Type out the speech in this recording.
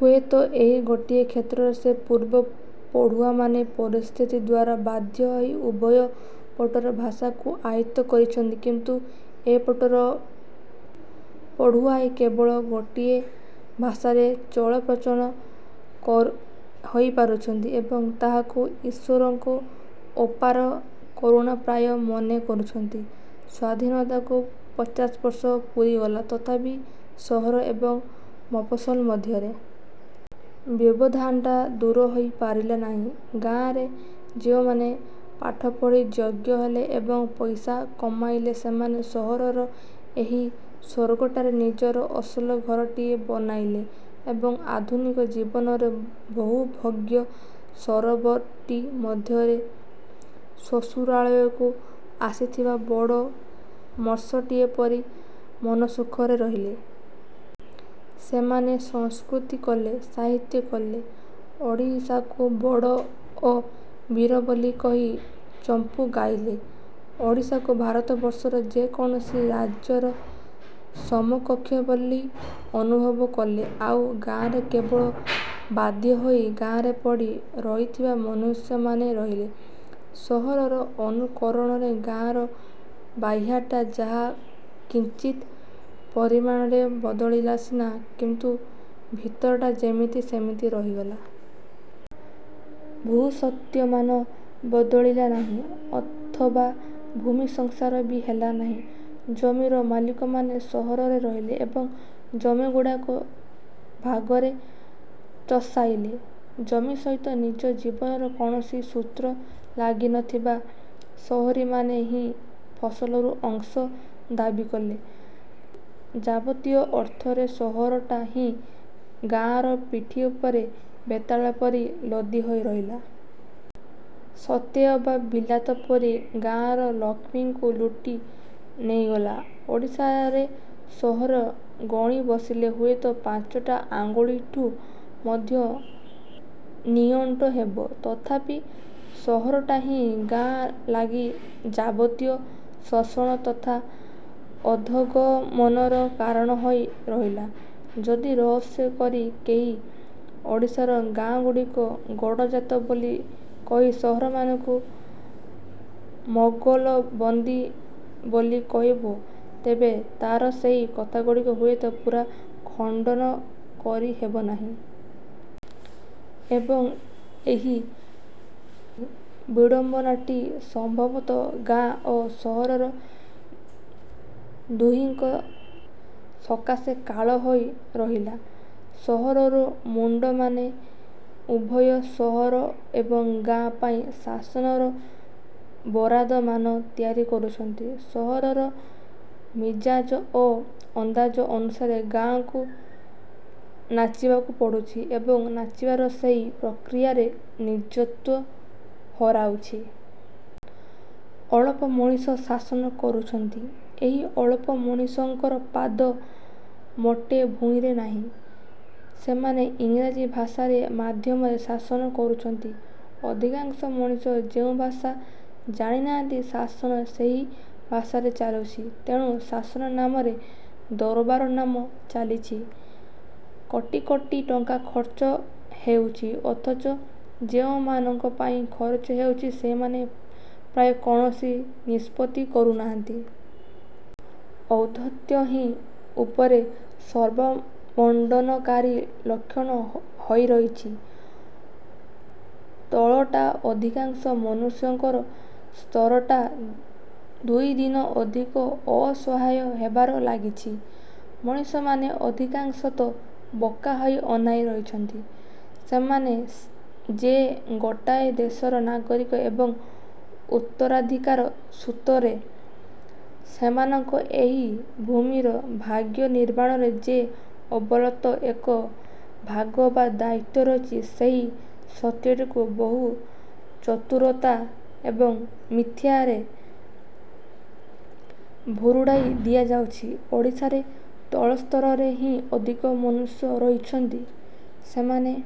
ହୁଏତ ଏହି ଗୋଟିଏ କ୍ଷେତ୍ରରେ, ସେ ପର୍ବର ପଢୁଆମାନେ ପରିସ୍ଥିତି ଦ୍ଵାରା ବାଧ୍ୟ ହୋଇ ଉଭୟ ପଟର ଭାଷାକୁ ଆୟତ୍ତ କରିଛନ୍ତି, କିନ୍ତୁ ଏପଟର ପଢୁଆଏ କେବଳ ଗୋଟିଏ ଭାଷାରେ ଚଳପ୍ରଚଳ ହୋଇପାରୁଛନ୍ତି ଏବଂ ତାହାକୁ ଈଶ୍ଵରଙ୍କର ଅପାର କରୁଣା ପ୍ରାୟ ମନେକରୁଛନ୍ତି। ସ୍ୱାଧୀନତାକୁ ପଚାଶ ବର୍ଷ ପୂରିଗଲା, ତଥାପି ସହର ଏବଂ ମଫସଲ ମଧ୍ୟରେ। ବ୍ୟବଧାନଟା ଦୂରହୋଇ ପାରିଲା ନାହିଁ। ଗାଁରେ ଯେଉଁମାନେ ପାଠ ପଢ଼ି ଯୋଗ୍ୟ ହେଲେ ଓ ପଇସା କମାଇଲେ, ସେମାନେ ସହରରର ଏହି ସ୍ୱର୍ଗଟାରେ ନିଜର ଅସଲ ଘରଟିଏ ବନାଇଲେ ଏବଂ ଆଧୁନିକ ଜୀବନର ବହୁଭବ୍ୟ ସରୋବରଟି ମଧ୍ୟରେ ଶ୍ୱଶୁରାଳୟକୁ ଆସିଥିବା ବଡ଼ ମତ୍ସ୍ୟଟିଏ ପରି ମନସୁଖରେ ରହିଲେ। ସେମାନେ ସଂସ୍କୃତି କଲେ, ସାହିତ୍ୟ କଲେ, ଓଡ଼ିଶାକୁ ବଡ଼ ଓ ବୀର ବୋଲି କହି ଚମ୍ପୁ ଗାଇଲେ। ଓଡ଼ିଶାକୁ ଭାରତବର୍ଷର ଯେକୌଣସି ରାଜ୍ୟର ସମକକ୍ଷ ବୋଲି ଅନୁଭବ କଲେ, ଆଉ ଗାଆଁରେ କେବଳ ବାଧ୍ୟ ହୋଇ ଗାଆଁରେ ପଡ଼ି ରହିଥିବା ମନୁଷ୍ୟମାନେ ରହିଲେ। ସହରର ଅନୁକରଣରେ ଗାଆଁର ବାହ୍ୟଟା ଯାହା କିଞ୍ଚିତ୍ ପରିମାଣରେ ବଦଳିଲା ସିନା, କିନ୍ତୁ ଭିତରଟା ଯେମିତି ସେମିତି ରହିଗଲା। ଭୂସତ୍ଵମାନ ବଦଳିଲା ନାହିଁ ଅଥବା ଭୂମି ସଂସ୍କାର ବି ହେଲା ନାହିଁ। ଜମିର ମାଲିକମାନେ ସହରରେ ରହିଲେ ଏବଂ ଜମିଗୁଡ଼ାକୁ ଭାଗରେ ଚଷାଇଲେ। ଜମି ସହିତ ନିଜ ଜୀବନର କୌଣସି ସୂତ୍ର ଲାଗିନଥିବା ସହରୀମାନେ ହିଁ ଫସଲରୁ ଅଂଶ ଦାବିକଲେ। ଯାବତୀୟ ଅର୍ଥରେ ସହରଟା ହିଁ ଗାଆଁର ପିଠି ଉପରେ ବେତାଳ ପରି ଲଦିହୋଇ ରହିଲା। ସତେଅବା ବିଲାତ ପରି ଗାଆଁର ଲକ୍ଷ୍ମୀଙ୍କୁ ଲୁଟି ନେଇଗଲା। ଓଡ଼ିଶାରେ ସହର ଗଣି ବସିଲେ ହୁଏତ ପାଞ୍ଚଟା ଆଙ୍ଗୁଠିକୁ ମଧ୍ୟ ନିଅଣ୍ଟ ହେବ, ତଥାପି ସହରଟା ହିଁ ଗାଆଁ ଲାଗି ଯାବତୀୟ ଶୋଷଣ ତଥା ଅଧୋଗମନର କାରଣ ହୋଇ ରହିଲା। ଯଦି ରହସ୍ୟ କରି କେହି ଓଡ଼ିଶାର ଗାଆଁଗୁଡ଼ିକୁ ଗଡ଼ଜାତ ବୋଲି କହି ସହରମାନଙ୍କୁ ମୋଗଲବନ୍ଦୀ ବୋଲି କହିବ, ତେବେ ତା'ର ସେହି କଥାଟିକୁ ହୁଏତ ପୂରା ଖଣ୍ଡନ କରି ହେବନାହିଁ। ଏବଂ, ଏହି ବିଡ଼ମ୍ବନାଟି ସମ୍ଭବତଃ ଗାଆଁ ଓ ସହର ଦୁହିଙ୍କ ସକାଶେ କାଳ ହୋଇ ରହିଲା। ସହରରୁ ମୁଣ୍ଡମାନେ ଉଭୟ ସହର ଏବଂ ଗାଆଁ ପାଇଁ ଶାସନର ବରାଦମାନ ତିଆରି କରୁଛନ୍ତି। ସହରର ମିଜାଜ ଓ ଅନ୍ଦାଜ ଅନୁସାରେ ଗାଆଁକୁ ନାଚିବାକୁ ପଡୁଛି ଏବଂ ନାଚିବାର ସେହି ପ୍ରକ୍ରିୟାରେ ନିଜତ୍ୱ ହରାଉଛି। ଅଳପ ମଣିଷ ଶାସନ କରୁଛନ୍ତି। ଏହି ଅଳପ ମଣିଷଙ୍କର ପାଦ ମୋଟେ ଭୂଇଁରେ ନାହିଁ। ସେମାନେ ଇଂରାଜୀ ଭାଷାର ମାଧ୍ୟମରେ ଶାସନ କରୁଛନ୍ତି। ଅଧିକାଂଶ ମଣିଷ ଯେଉଁ ଭାଷା ଜାଣିନାହାନ୍ତି, ଶାସନ ସେହି ଭାଷାରେ ଚାଲୁଛି। ତେଣୁ ଶାସନ ନାମରେ ଦରବାରମାନ ଚାଲିଛି। କୋଟି କୋଟି ଟଙ୍କା ଖର୍ଚ୍ଚ ହେଉଛି; ଅଥଚ ଯେଉଁମାନଙ୍କ ପାଇଁ ଖରଚ ହେଉଛି, ସେମାନେ ପ୍ରାୟ କୌଣସି ନିଷ୍ପତ୍ତି କରୁନାହାନ୍ତି। ଔଦ୍ଧତ୍ୟ ହିଁ ଉପରେ ସର୍ବମଣ୍ଡନକାରୀ ଲକ୍ଷଣ ହୋଇ ରହିଛି। ତଳଟା, ଅଧିକାଂଶ ମନୁଷ୍ୟଙ୍କର ସ୍ତରଟା ଦିନୁଦିନ ଅଧିକ ଅସହାୟ ହେବାରେ ଲାଗିଛି। ମଣିଷମାନେ ଅଧିକାଂଶତଃ ବୋକା ହୋଇ ଅନାଇ ରହିଛନ୍ତି। ସେମାନେ ଯେ ଗୋଟାଏ ଦେଶର ନାଗରିକ ଏବଂ ଉତ୍ତରାଧିକାର ସୂତ୍ରରେ ସେମାନଙ୍କର ଏହି ଭୂମିର ଭାଗ୍ୟନିର୍ମାଣରେ ଯେ ଅଲବତ ଏକ ଭାଗ ବା ଦାୟିତ୍ୱ ରହିଛି, ସେହି ସତ୍ୟଟିକୁ ବହୁ ଚତୁରତା ଏବଂ ମିଥ୍ୟାର ବଳରେ ଭୁରୁଡ଼ାଇ ଦିଆଯାଇଛି। ଓଡ଼ିଶାରେ ତଳସ୍ତରରେ ହିଁ ଅଧିକ ମନୁଷ୍ୟ ରହିଛନ୍ତି। ସେମାନେ